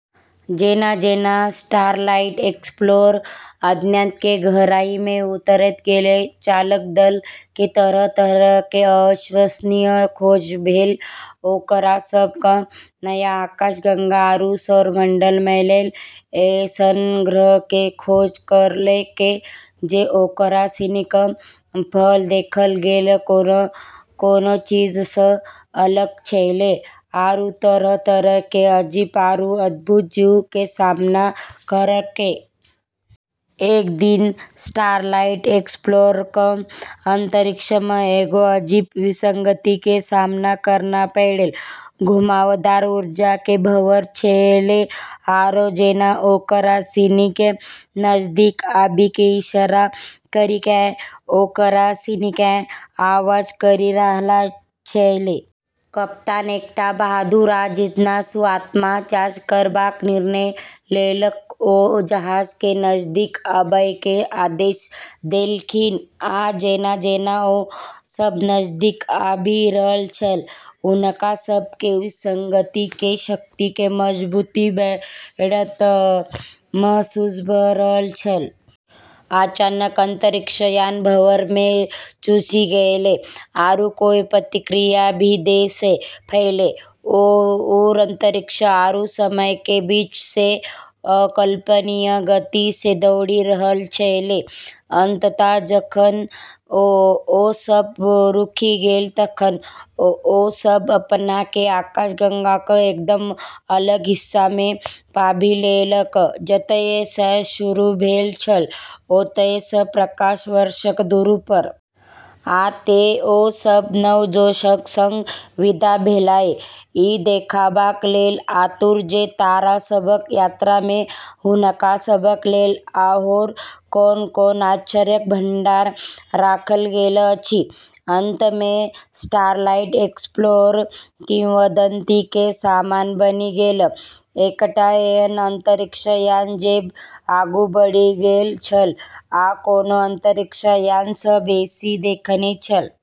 जेना-जेना starlight explorer अज्ञात के गहराई में उतरैत गेल, चालक दल के तरह-तरह के अविश्वसनीय खोज भेल. ओकरा सब क॑ नया आकाशगंगा आरू सौरमंडल मिललै, ऐसनऽ ग्रह के खोज करलकै जे ओकरा सिनी क॑ पहलऽ देखलऽ गेलऽ कोनो चीजऽ स॑ अलग छेलै, आरू तरह-तरह के अजीब आरू अद्भुत जीवऽ के सामना करलकै। एक दिन स्टारलाइट एक्सप्लोरर क॑ अंतरिक्ष म॑ एगो अजीब विसंगति के सामना करना पड़लै। घुमावदार ऊर्जा के भंवर छेलै, आरो जेना ओकरा सिनी केॅ नजदीक आबी के इशारा करी केॅ ओकरा सिनी केॅ आवाज करी रहलोॅ छेलै। कप्तान, एकटा बहादुर आ जिज्ञासु आत्मा, जांच करबाक निर्णय लेलक। ओ जहाज के नजदीक आबय के आदेश देलखिन, आ जेना-जेना ओ सब नजदीक आबि रहल छल, हुनका सब के विसंगति के शक्ति के मजबूती बढ़ैत महसूस भ रहल छल. अचानक अंतरिक्ष यान भंवर में चूसि गेलै, आरू कोय प्रतिक्रिया भी दै सें पहलें, वू अंतरिक्ष आरू समय के बीच सें अकल्पनीय गति सें दौड़ी रहलऽ छेलै। अंततः जखन ओ सभ रुकि गेल तखन ओ सभ अपना केँ आकाशगंगाक एकदम अलग हिस्सा मे पाबि लेलक, जतय सँ शुरू भेल छल, ओतय सँ प्रकाश वर्षक दूरी पर। आ तें ओ सभ नव जोशक संग विदा भेलाह, ई देखबाक लेल आतुर जे तारा सभक यात्रा मे हुनका सभक लेल आओर कोन-कोन आश्चर्यक भंडार राखल गेल अछि। अंत में स्टारलाइट एक्सप्लोरर किंवदंती के सामान बनि गेल, एकटा एहन अंतरिक्ष यान जे आगू बढ़ि गेल छल आ कोनो अंतरिक्ष यान सं बेसी देखने छल.